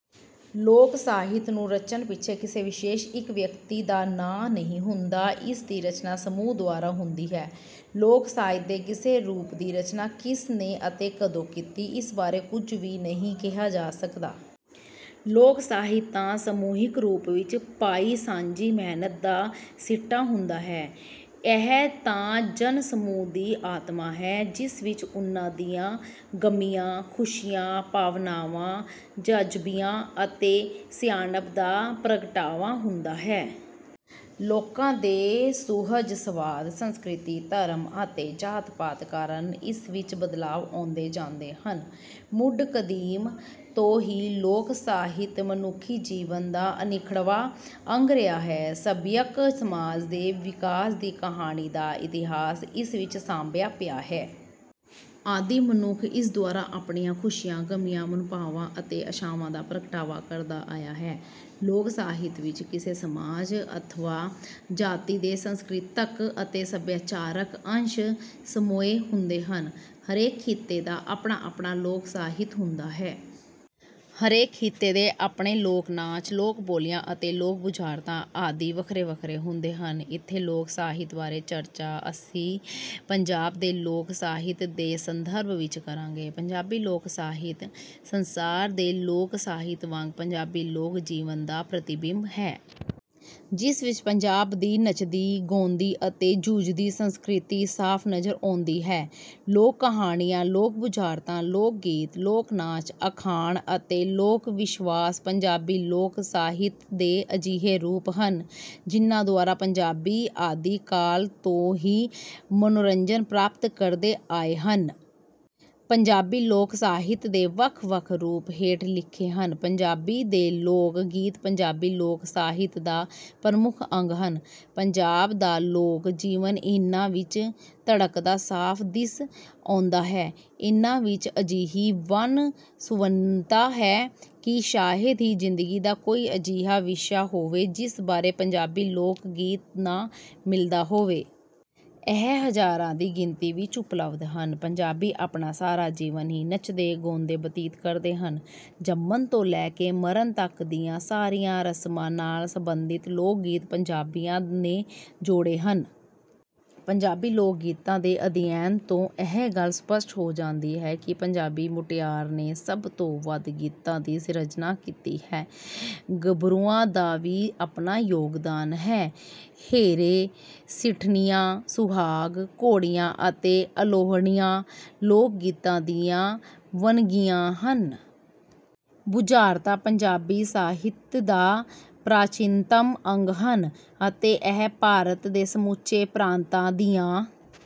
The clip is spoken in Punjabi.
ਲੋਕ ਸਾਹਿਤ ਨੂੰ ਰਚਨ ਪਿੱਛੇ ਕਿਸੇ ਵਿਸ਼ੇਸ਼ ਇੱਕ ਵਿਅਕਤੀ ਦਾ ਨਾਂ ਨਹੀਂ ਹੁੰਦਾ। ਇਸ ਦੀ ਰਚਨਾ ਸਮੂਹ ਦੁਆਰਾ ਹੁੰਦੀ ਹੈ। ਲੋਕ ਸਾਹਿਤ ਦੇ ਕਿਸੇ ਰੂਪ ਦੀ ਰਚਨਾ ਕਿਸ ਨੇ ਅਤੇ ਕਦੋਂ ਕੀਤੀ, ਇਸ ਬਾਰੇ ਕੁਝ ਵੀ ਨਹੀਂ ਕਿਹਾ ਜਾ ਸਕਦਾ। ਲੋਕ ਸਾਹਿਤ ਤਾਂ ਸਮੂਹਿਕ ਰੂਪ ਵਿੱਚ ਪਾਈ ਸਾਂਝੀ ਮਿਹਨਤ ਦਾ ਸਿੱਟਾ ਹੁੰਦਾ ਹੈ। ਇਹ ਤਾਂ ਜਨ-ਸਮੂਹ ਦੀ ਆਤਮਾ ਹੈ, ਜਿਸ ਵਿੱਚ ਉਨ੍ਹਾਂ ਦੀਆਂ ਗਮੀਆਂ, ਖੁਸ਼ੀਆਂ, ਭਾਵਨਾਵਾਂ, ਜਜ਼ਬਿਆਂ ਅਤੇ ਸਿਆਣਪ ਦਾ ਪ੍ਰਗਟਾਵਾ ਹੁੰਦਾ ਹੈ। ਲੋਕਾਂ ਦੇ ਸੁਹਜ ਸਵਾਦ, ਸੰਸਕ੍ਰਿਤੀ, ਧਰਮ ਅਤੇ ਜਾਤ-ਪਾਤ ਕਾਰਨ ਇਸ ਵਿੱਚ ਬਦਲਾਵ ਆਉਂਦੇ ਜਾਂਦੇ ਹਨ। ਮੁੱਢ ਕਦੀਮ ਤੋਂ ਹੀ ਲੋਕ ਸਾਹਿਤ ਮਨੁੱਖੀ ਜੀਵਨ ਦਾ ਅਨਿੱਖੜਵਾਂ ਅੰਗ ਰਿਹਾ ਹੈ। ਸੱਭਿਅਕ ਸਮਾਜ ਦੇ ਵਿਕਾਸ ਦੀ ਕਹਾਣੀ ਦਾ ਇਤਿਹਾਸ ਇਸ ਵਿੱਚ ਸਾਂਭਿਆ ਪਿਆ ਹੈ। ਆਦਿ ਮਨੁੱਖ ਇਸ ਦੁਆਰਾ ਆਪਣੀਆਂ ਖੁਸ਼ੀਆਂ, ਗਮੀਆਂ, ਮਨੋਭਾਵਾਂ ਅਤੇ ਆਸ਼ਾਵਾਂ ਦਾ ਪ੍ਰਗਟਾਵਾ ਕਰਦਾ ਆਇਆ ਹੈ। ਲੋਕ ਸਾਹਿਤ ਵਿੱਚ ਕਿਸੇ ਸਮਾਜ ਅਥਵਾ ਜਾਤੀ ਦੇ ਸੰਸਕ੍ਰਿਤਕ ਅਤੇ ਸੱਭਿਆਚਾਰਕ ਅੰਸ਼ ਸਮੋਏ ਹੁੰਦੇ ਹਨ। ਹਰੇਕ ਖਿੱਤੇ ਦਾ ਆਪਣਾ-ਆਪਣਾ ਲੋਕ ਸਾਹਿਤ ਹੁੰਦਾ ਹੈ। ਹਰੇਕ ਖਿੱਤੇ ਦੇ ਆਪਣੇ ਲੋਕ ਨਾਚ, ਲੋਕ ਬੋਲੀਆਂ ਅਤੇ ਲੋਕ ਬੁਝਾਰਤਾਂ ਆਦਿ ਵੱਖਰੇ-ਵੱਖਰੇ ਹੁੰਦੇ ਹਨ। ਇੱਥੇ ਲੋਕ ਸਾਹਿਤ ਬਾਰੇ ਚਰਚਾ ਅਸੀਂ ਪੰਜਾਬ ਦੇ ਲੋਕ ਸਾਹਿਤ ਦੇ ਸੰਦਰਭ ਵਿੱਚ ਕਰਾਂਗੇ। ਪੰਜਾਬੀ ਲੋਕ ਸਾਹਿਤ, ਸੰਸਾਰ ਦੇ ਲੋਕ ਸਾਹਿਤ ਵਾਂਗ ਪੰਜਾਬੀ ਲੋਕ ਜੀਵਨ ਦਾ ਪ੍ਰਤੀਬਿੰਬ ਹੈ। ਜਿਸ ਵਿੱਚ ਪੰਜਾਬ ਦੀ ਨੱਚਦੀ, ਗਾਉਂਦੀ ਅਤੇ ਜੂਝਦੀ ਸੰਸਕ੍ਰਿਤੀ ਸਾਫ਼ ਨਜ਼ਰ ਆਉਂਦੀ ਹੈ। ਲੋਕ ਕਹਾਣੀਆਂ, ਲੋਕ ਬੁਝਾਰਤਾਂ, ਲੋਕ ਗੀਤ, ਲੋਕ ਨਾਚ, ਅਖਾਣ ਅਤੇ ਲੋਕ ਵਿਸ਼ਵਾਸ ਪੰਜਾਬੀ ਲੋਕ ਸਾਹਿਤ ਦੇ ਅਜਿਹੇ ਰੂਪ ਹਨ, ਜਿਨ੍ਹਾਂ ਦੁਆਰਾ ਪੰਜਾਬੀ ਆਦਿ ਕਾਲ ਤੋਂ ਹੀ ਮਨੋਰੰਜਨ ਪ੍ਰਾਪਤ ਕਰਦੇ ਆਏ ਹਨ। ਪੰਜਾਬੀ ਲੋਕ ਸਾਹਿਤ ਦੇ ਵੱਖ-ਵੱਖ ਰੂਪ ਹੇਠ ਲਿਖੇ ਹਨ। ਪੰਜਾਬੀ ਦੇ ਲੋਕ ਗੀਤ ਪੰਜਾਬੀ ਲੋਕ ਸਾਹਿਤ ਦਾ ਪ੍ਰਮੁੱਖ ਅੰਗ ਹਨ। ਪੰਜਾਬ ਦਾ ਲੋਕ ਜੀਵਨ ਇਹਨਾਂ ਵਿੱਚ ਧੜਕਦਾ ਸਾਫ਼ ਦਿਸ ਆਉਂਦਾ ਹੈ। ਇਹਨਾਂ ਵਿੱਚ ਅਜਿਹੀ ਵੰਨ-ਸੁਵੰਨਤਾ ਹੈ ਕਿ ਸ਼ਾਇਦ ਹੀ ਜ਼ਿੰਦਗੀ ਦਾ ਕੋਈ ਅਜਿਹਾ ਵਿਸ਼ਾ ਹੋਵੇ ਜਿਸ ਬਾਰੇ ਪੰਜਾਬੀ ਲੋਕ ਗੀਤ ਨਾ ਮਿਲਦਾ ਹੋਵੇ। ਇਹ ਹਜ਼ਾਰਾਂ ਦੀ ਗਿਣਤੀ ਵਿੱਚ ਉਪਲਬਧ ਹਨ। ਪੰਜਾਬੀ ਆਪਣਾ ਸਾਰਾ ਜੀਵਨ ਹੀ ਨੱਚਦੇ-ਗਾਉਂਦੇ ਬਤੀਤ ਕਰਦੇ ਹਨ। ਜੰਮਣ ਤੋਂ ਲੈ ਕੇ ਮਰਨ ਤੱਕ ਦੀਆਂ ਸਾਰੀਆਂ ਰਸਮਾਂ ਨਾਲ ਸੰਬੰਧਿਤ ਲੋਕ ਗੀਤ ਪੰਜਾਬੀਆਂ ਨੇ ਜੋੜੇ ਹਨ। ਪੰਜਾਬੀ ਲੋਕ ਗੀਤਾਂ ਦੇ ਅਧਿਐਨ ਤੋਂ ਇਹ ਗੱਲ ਸਪਸ਼ਟ ਹੋ ਜਾਂਦੀ ਹੈ ਕਿ ਪੰਜਾਬੀ ਮੁਟਿਆਰ ਨੇ ਸਭ ਤੋਂ ਵੱਧ ਗੀਤਾਂ ਦੀ ਸਿਰਜਣਾ ਕੀਤੀ ਹੈ। ਗੱਭਰੂਆਂ ਦਾ ਵੀ ਆਪਣਾ ਯੋਗਦਾਨ ਹੈ। ਹੇਰੇ, ਸਿੱਠਣੀਆਂ, ਸੁਹਾਗ, ਘੋੜੀਆਂ ਅਤੇ ਅਲੋ੍ਹਣੀਆਂ ਲੋਕ ਗੀਤਾਂ ਦੀਆਂ ਵੰਨਗੀਆਂ ਹਨ। ਬੁਝਾਰਤਾਂ ਪੰਜਾਬੀ ਸਾਹਿਤ ਦਾ ਪ੍ਰਾਚੀਨਤਮ ਅੰਗ ਹਨ, ਅਤੇ ਇਹ ਭਾਰਤ ਦੇ ਸਮੁੱਚੇ ਪ੍ਰਾਂਤਾਂ ਦੀਆਂ